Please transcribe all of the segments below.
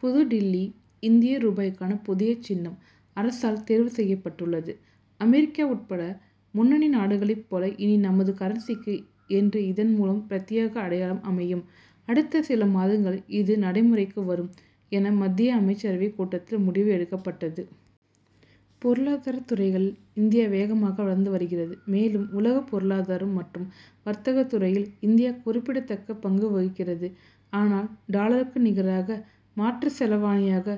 புதுடில்லி இந்திய ரூபாய்க்கான புதிய சின்னம், அரசால் தேர்வு செய்யப்பட்டுள்ளது. அமெரிக்கா உட்பட முன்னணி நாடுகளைப் போல இனி நமது கரன்சிக்கு என்று இதன் மூலம் பிரத்யேக அடையாளம் அமையும் அடுத்த சில மாதங்களில் இது நடைமுறைக்கும் வரும் என, மத்திய அமைச்சரவை கூட்டத்தில் முடிவு எடுக்கப்பட்டது. பொருளாதாரத் துறையில் இந்தியா வேகமாக வளர்ந்து வருகிறது. மேலும், உலக பொருளாதாரம் மற்றும் வர்த்தகத் துறையில் இந்தியா குறிப்பிடத்தக்க பங்கு வகிக்கிறது. ஆனால், டாலருக்கு நிகராக மாற்று செலாவாணியாக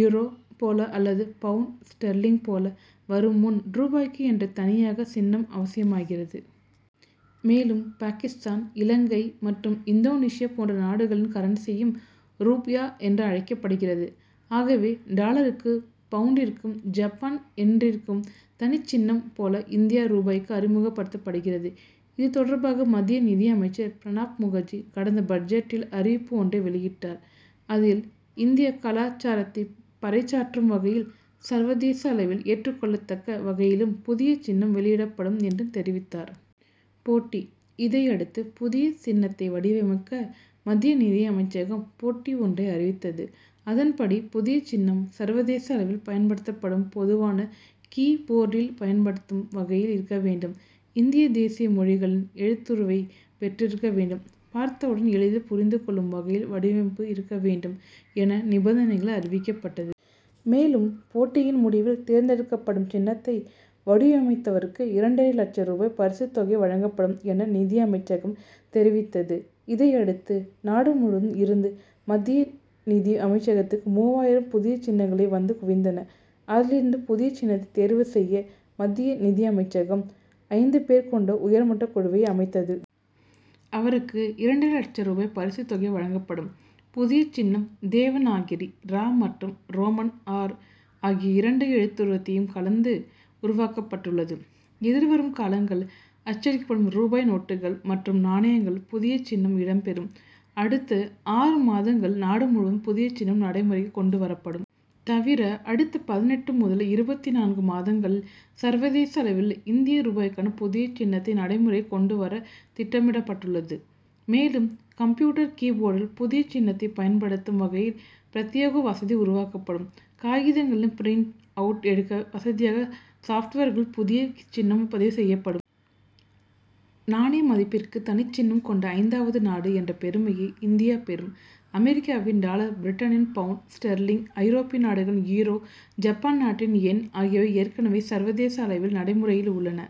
யூரோ போல அல்லது பவுண்ட் ஸ்டெர்லிங் போல வரும் முன், ரூபாய்க்கு என்று தனியாக சின்னம் அவசியமாகிறது. மேலும் பாகிஸ்தான், இலங்கை மற்றும் இந்தோனேஷியா போன்ற நாடுகளின் கரன்சியும், ரூப்யா என்றழைக்கப்படுகிறது. ஆகவே, டாலருக்கு, பவுண்டிற்கு, ஜப்பான் யென்னிற்கு தனிச்சின்னம் போல இந்திய ரூபாய்க்கு அறிமுகப்படுத்தப்படுகிறது. இது தொடர்பாக, மத்திய நிதி அமைச்சர் பிரணாப் முகர்ஜி, கடந்த பட்ஜெட்டில் அறிவிப்பு ஒன்றை வெளியிட்டார். அதில், இந்திய கலாசாரத்தை பறை சாற்றும் வகையிலும், சர்வதேச அளவில் ஏற்றுக்கொள்ளத்தக்க வகையிலும் புதிய சின்னம் வெளியிடப்படும் என்று தெரிவித்தார். போட்டி இதையடுத்து, புதிய சின்னத்தை வடிவமைக்க மத்திய நிதி அமைச்சகம் போட்டி ஒன்றை அறிவித்தது. அதன்படி புதிய சின்னம், சர்வதேச அளவில் பயன்படுத்தப்படும் பொதுவான கீ-போர்டில் பயன்படுத்தும் வகையில் இருக்க வேண்டும். இந்திய தேசிய மொழிகளின் எழுத்துருவை பெற்றிருக்க வேண்டும்; பார்த்தவுடன் எளிதில் புரிந்து கொள்ளும் வகையில் வடிவமைப்பு இருக்க வேண்டும் என நிபந்தனைகள் அறிவிக்கப்பட்டது. மேலும், போட்டியின் முடிவில் தேர்ந்தேடுக்கப்படும் சின்னத்தை வடிவமைத்தவருக்கு, இரண்டரை லட்ச ரூபாய் பரிசுத் தொகை வழங்கப்படும் என நிதி அமைச்சகம் தெரிவித்தது. இதையடுத்து, நாடு முழுவதும் இருந்து மத்திய நிதி அமைச்சகத்துக்கு மூவாயிரம் புதிய சின்னங்கள் வந்து குவிந்தன. அதிலிருந்து புதிய சின்னத்தை தேர்வு செய்ய மத்திய நிதி அமைச்சகம், ஐந்து பேர் கொண்ட உயர்மட்டக் குழுவை அமைத்தது. அவருக்கு இரண்டரை லட்ச ரூபாய் பரிசுத் தொகை வழங்கப்படும். புதிய சின்னம் தேவநாகிரி, ரா மற்றும் ரோமன் ஆர் ஆகிய இரண்டு எழுத்துருவையும் கலந்து உருவாக்கப்பட்டுள்ளது. எதிர்வரும் காலங்களில் அச்சடிக்கப்படும் ரூபாய் நோட்டுகள் மற்றும் நாணயங்களில் புதிய சின்னம் இடம் பெறும். அடுத்த ஆறு மாதங்களில், நாடு முழுவதும் புதிய சின்னம் நடைமுறைக்கு கொண்டு வரப்படும். தவிர, அடுத்த பதினெட்டு முதல் இருபத்து நான்கு மாதங்களில், சர்வதேச அளவில் இந்திய ரூபாய்க்கான புதிய சின்னத்தை நடைமுறைக்கு கொண்டு வர திட்டமிடப்பட்டுள்ளது. மேலும், கம்ப்யூட்டர் கீ-போர்டில் புதிய சின்னத்தை பயன்படுத்தும் வகையில் பிரத்யேக வசதி உருவாக்கப்படும். காகிதங்களில் பிரின்ட் அவுட் எடுக்க வசதியாக சாப்ட்வேர்களிலும் புதிய சின்னம் பதிவு செய்யப்படும். நாணய மதிப்பிற்கு தனிச்சின்னம் கொண்ட ஐந்தாவது நாடு என்ற பெருமையை இந்தியா பெறும். அமெரிக்காவின் டாலர், பிரிட்டனின் பவுண்ட் ஸ்டெர்லிங், ஐரோப்பிய நாடுகளின் யூரோ, ஜப்பான் நாட்டின் யென் ஆகியவை ஏற்கனவே சர்வதேச அளவில் நடைமுறையில் உள்ளன.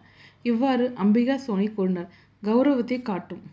இவ்வாறு அம்பிகா சோனி கூறினார். கவுரவத்தைக் காட்டும்